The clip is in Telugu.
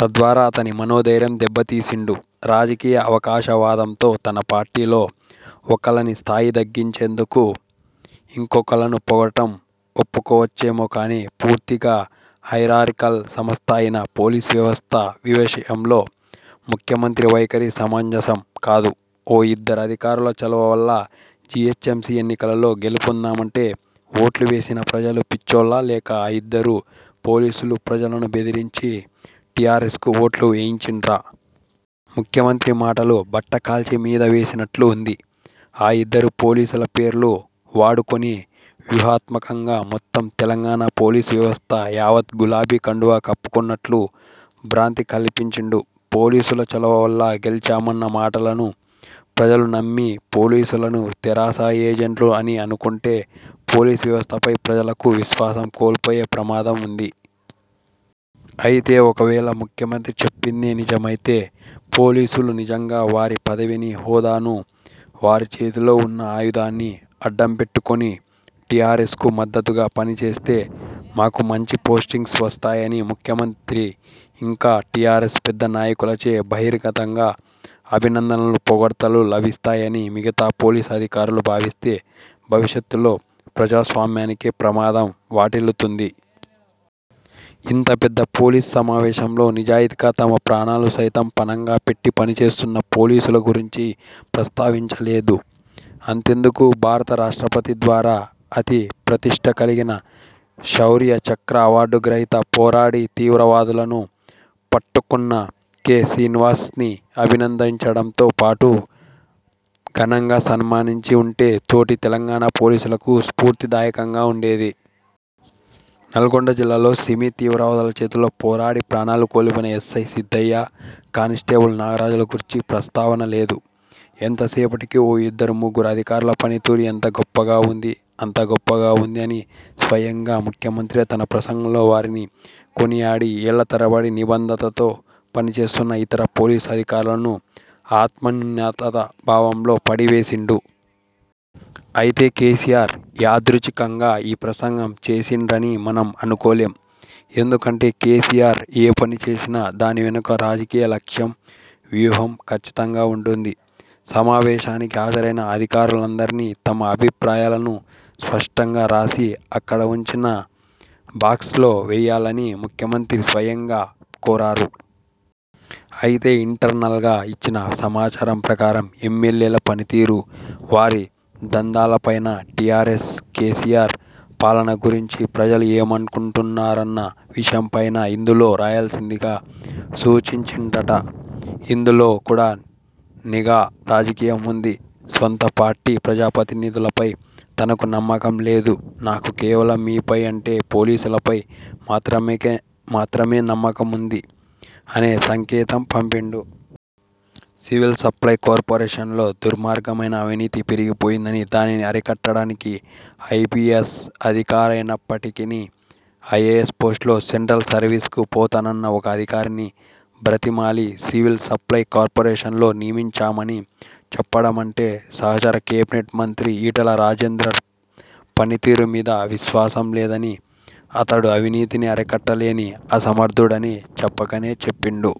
తద్వారా అతని మనో ధైర్యం దెబ్బదీసిండు. రాజకీయ అవకాశవాదంతో, తన పార్టీలో ఒకళ్ళ స్థాయిని తగ్గించేందుకు, ఇంకొకళ్ళను పొగడటం ఒప్పుకోవచ్చేమో కానీ, పూర్తిగా హైరార్కీకల్ సంస్థ అయిన పోలీస్ వ్యవస్థ విషయంలో ముఖ్యమంత్రి వైఖరి సమంజసం కాదు. ఓ ఇద్దరు అధికారుల చలువ వల్ల జీహెచ్ఎంసీ ఎన్నికలలో గెలుపొందామంటే, ఓట్లు వేసిన ప్రజలు పిచ్చోల్లా లేక ఆ ఇద్దరు పోలీసులు ప్రజలను బెదిరించి టీఆర్ఎస్కు ఓట్లు ఏయించిండ్రా? ముఖ్యమంత్రి మాటలు బట్ట కాల్చి మీద వేసినట్లు ఉంది. ఆ ఇద్దరు పోలీసుల పేర్లు వాడుకుని, వ్యూహాత్మకంగా మొత్తం తెలంగాణ పోలీసు వ్యవస్థ యావత్తు గులాబీ కండువా కప్పుకున్నట్లు బ్రాంతి కల్పించిండు. పోలీసుల చలువ వల్ల గెలిచామన్న మాటలను ప్రజలు నమ్మి, పోలీసులను తెరాస ఏజెంట్లు అని అనుకుంటే, పోలీసు వ్యవస్థపై ప్రజలకు విశ్వాసం కోల్పోయే ప్రమాదం ఉంది. అయితే ఒకవేళ ముఖ్యమంత్రి చెప్పిందే నిజమైతే, పోలీసులు నిజంగా వారి పదవిని, హోదాను, వారి చేతిలో ఉన్న ఆయుధాన్ని అడ్డం పెట్టుకుని టీఆర్ఎస్కు మద్దతుగా పనిచేస్తే, మాకు మంచి పోస్టింగ్స్ వస్తాయనీ; ముఖ్యమంత్రి, ఇంకా టీఆర్ఎస్ పెద్ద నాయకులచే బహిర్గతంగా అభినందనలు, పొగడ్తలు లభిస్తాయనీ మిగతా పోలీసు అధికారులు భావిస్తే, భవిష్యత్తులో ప్రజాస్వామ్యానికే ప్రమాదం వాటిల్లుతుంది. ఇంత పెద్ద పోలీసు సమావేశంలో, నిజాయితీగా తమ ప్రాణాలు సైతం ఫణంగా పెట్టి పని చేస్తున్న పోలీసుల గురించి ప్రస్తావించలేదు. అంతెందుకు భారత రాష్ట్రపతి ద్వారా అతి ప్రతిష్ట కలిగిన శౌర్య చక్ర అవార్డు గ్రహీత, పోరాడి తీవ్రవాదులను పట్ట్టుకున్న కె. శ్రీనివాస్ని అభినందించడంతో పాటు ఘనంగా సన్మానించి ఉంటె తోటి తెలంగాణ పోలీసులకు స్ఫూర్తి దాయకంగా ఉండేది. నల్లగొండ జిల్లాలో సిమీ తీవ్ర వాదుల చేతుల్లో పోరాడి ప్రాణాలు కోల్పోయిన ఎస్ఐ సిద్దయ్య, కానిస్టేబుల్ నాగరాజుల గూర్చి ప్రస్తావన లేదు. ఎంత సేపటికి, ఓ ఇద్దరు ముగ్గురు అధికారుల పని తీరు ఇంత గొప్పగా ఉంది, అంత గొప్పగా ఉంది అని స్వయంగా ముఖ్యమంత్రే తన ప్రసంగంలో వారిని కొనియాడి, ఏళ్ళ తరబడి నిబద్ధతతో పనిచేస్తున్న ఇతర పోలీసు అధికారులను ఆత్మన్యూనత భావంలో పడవేసిండు. అయితే కేసీఆర్ యాదృచ్ఛికంగా ఈ ప్రసంగం చేసిండ్రని మనం అనుకోలేం. ఎందుకంటే, కేసీఆర్ ఏ పని చేసినా దాని వెనుక రాజకీయ లక్ష్యం, వ్యూహం ఖచ్చితంగా ఉంటుంది. సమావేశానికి హాజరైన అధికారులందరిని తమ అభిప్రాయాలను స్పష్టంగా రాసి అక్కడ ఉంచిన బాక్స్లో వేయాలని ముఖ్యమంత్రి స్వయంగా కోరారు. అయితే ఇంటర్నల్గా ఇచ్చిన సమాచారం ప్రకారం ఎమ్మెల్యేల పనితీరు, వారి దందాలపైనా, టీఆర్ఎస్, కేసీఆర్ పాలన గురించి ప్రజలు ఏమనుకుంటున్నారన్న విషయం పైనా ఇందులో రాయాల్సిందిగా సూచించిండ్రట. ఇందులో కూడా నిఘా రాజకీయం ఉంది. స్వంత పార్టీ ప్రజాప్రతినిధులపై తనకు నమ్మకం లేదు, నాకు కేవలం మీపై అంటే పోలీసులపై మాత్రమే నమ్మకం ఉంది అనే సంకేతం పంపిండు. సివిల్ సప్లై కార్పొరేషన్లో దుర్మార్గమైన అవినీతి పెరిగిపోయిందని, దానిని అరికట్టడానికి ఐపీఎస్ అధికారైనప్పటికినీ, ఐఏఎస్ పోస్టులో సెంట్రల్ సర్వీస్కు పోతానన్న ఓ అధికారిని బ్రతిమాలి సివిల్ సప్లై కార్పొరేషన్లో నియమించామని చెప్పడమంటే, సహచర కేబినెట్ మంత్రి ఈటెల రాజేందర్ పనితీరు మీద విశ్వాసం లేదని, అతడు అవినీతిని అరికట్టలేని అసమర్థుడు అని చెప్పకనే చెప్పిండు.